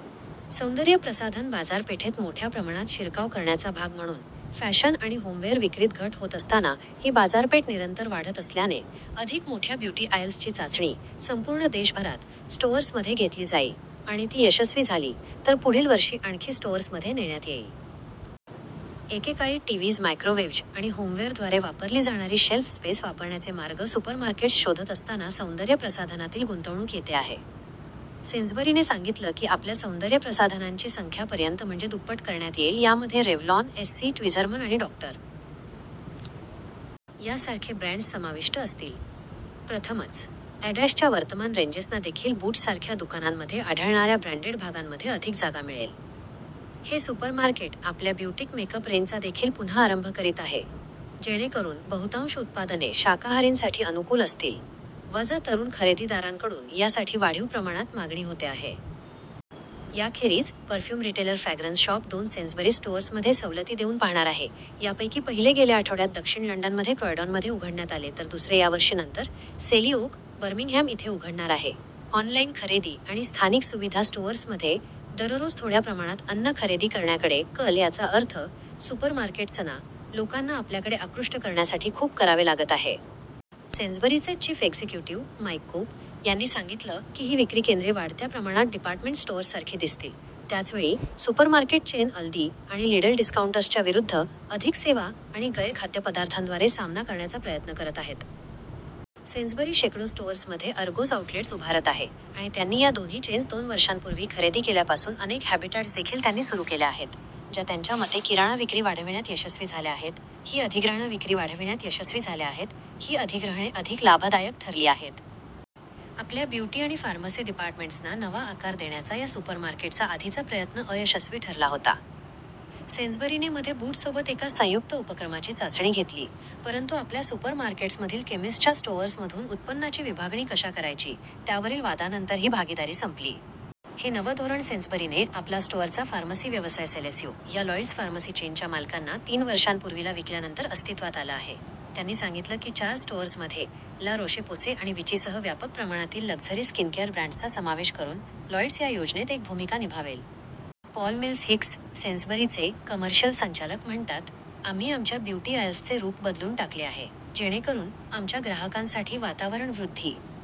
च्या. सौंदर्य प्रसाधन बाजारपेठेत मोठ्या प्रमाणात शिरकाव करण्याचा भाग म्हणून, फॅशन आणि होमवेअर विक्रीत घट होत असताना ही बाजारपेठ निरंतर वाढत असल्याने, अधिक मोठ्या ब्युटी आयल्सची चाचणी संपूर्ण देशभरात स्टोअर्समध्ये घेतली जाईल आणि ती यशस्वी झाली तर पुढील वर्षी आणखी स्टोअर्समध्ये नेण्यात येईल. एकेकाळी टीवीज, मायक्रोवेव्ज आणि होमवेअरद्वारे वापरली जाणारी शेल्फ स्पेस वापरण्याचे मार्ग सुपरमार्केट्स शोधत असताना सौंदर्य प्रसाधनातील गुंतवणूक येते आहे. सेन्सबरीने सांगितलं की आपल्या सौंदर्य प्रसाधनांची संख्या पर्यंत म्हणजे दुप्पट करण्यात येईल, यामध्ये रेवलॉन, एस्सी, ट्विझरमन आणि डॉ. यासारखे ब्रँड्स समाविष्ट असतील. प्रथमच. ', आणि ' च्या वर्तमान रेंजेसना देखील बूट्ससारख्या दुकानांमध्ये आढळणाऱ्या ब्रँडेड भागांमध्ये अधिक जागा मिळेल. हे सुपरमार्केट आपल्या ब्युटिक मेकअप रेंजचा देखील पुन्हा आरंभ करीत आहे जेणेकरुन बहुतांश उत्पादने शाकाहारींसाठी अनुकूल असतील – तरुण खरेदीदारांकडून यासाठी वाढीव प्रमाणात मागणी होते आहे. याखेरीज, परफ्युम रिटेलर फ्रॅग्रन्स शॉप दोन सेन्सबरीज स्टोअर्समध्ये सवलती देऊन पाहणार आहे, यापैकी पहिले गेल्या आठवड्यात, दक्षिण लंडनमध्ये क्रॉयडॉनमध्ये उघडण्यात आले, तर दुसरे यावर्षी नंतर, सेली ओक, बर्मिंगहॅम इथे उघडणार आहे. ऑनलाईन खरेदी आणि स्थानिक सुविधा स्टोअर्समध्ये दररोज थोड्या प्रमाणात अन्न खरेदी करण्याकडे कल याचा अर्थ सुपरमार्केट्सना लोकांना आपल्याकडे आकृष्ट करण्यासाठी खूप करावे लागत आहे. सेन्सबरीचे चिफ एक्झिक्युटीव, माईक कुप, यांनी सांगितलं की ही विक्री केंद्रे वाढत्या प्रमाणात डिपार्टमेंट स्टोअर्ससारखी दिसतील त्याचवेळी सुपरमार्केट चेन अल्दी आणि लिडल डिस्काऊंटर्सच्या विरुद्ध अधिक सेवा आणि गैर-खाद्यपदार्थांद्वारे सामना करण्याचा प्रयत्न करत आहेत. सेन्सबरी शेकडो स्टोअर्समध्ये अर्गोस आउटलेट्स उभारत आहे आणि त्यांनी या दोन्ही चेन्स दोन वर्षांपूर्वी खरेदी केल्यापासून अनेक हॅबीटॅट्स देखील त्यांनी सुरु केल्या आहेत, ज्या त्यांच्या मते किराणा विक्री वाढविण्यात यशस्वी झाल्या आहेत ही अधिग्रहणे अधिक लाभदायक ठरली आहेत. आपल्या ब्युटी आणि फार्मसी डिपार्टमेंट्सना नवा आकार देण्याचा या सुपरमार्केटचा आधीचा प्रयत्न अयशस्वी ठरला होता. सेन्सबरीने मध्ये बूट्ससोबत एका संयुक्त उपक्रमाची चाचणी घेतली, परंतु आपल्या सुपरमार्केट्समधील केमिस्टच्या स्टोअर्समधून उत्पन्नाची विभागणी कशा करायची त्यावरील वादानंतर ही भागीदारीसंपली. हे नवं धोरण सेन्सबरीने आपला -स्टोअरचा फार्मसी व्यवसाय सेलेसियो, या लॉईड्स फार्मसी चेनच्या मालकांना, तीन वर्षांपूर्वी ला विकल्यानंतर अस्तित्वात आलं आहे. त्यांनी सांगितलं की चार स्टोअर्समध्ये ला रोशे-पोसे आणि विचीसह व्यापक प्रमाणातील लक्झरी स्किनकेअर ब्रँड्सचा समावेश करुन लॉईड्स या योजनेत एक भूमिका निभावेल. पॉल मिल्स-हिक्स, सेन्सबरीचे, कमर्शियल संचालक, म्हणतात: "आम्ही आमच्या ब्युटी आयल्सचे रुप बदलून टाकले आहे जेणेकरुन आमच्या ग्राहकांसाठी वातावरण वृद्धी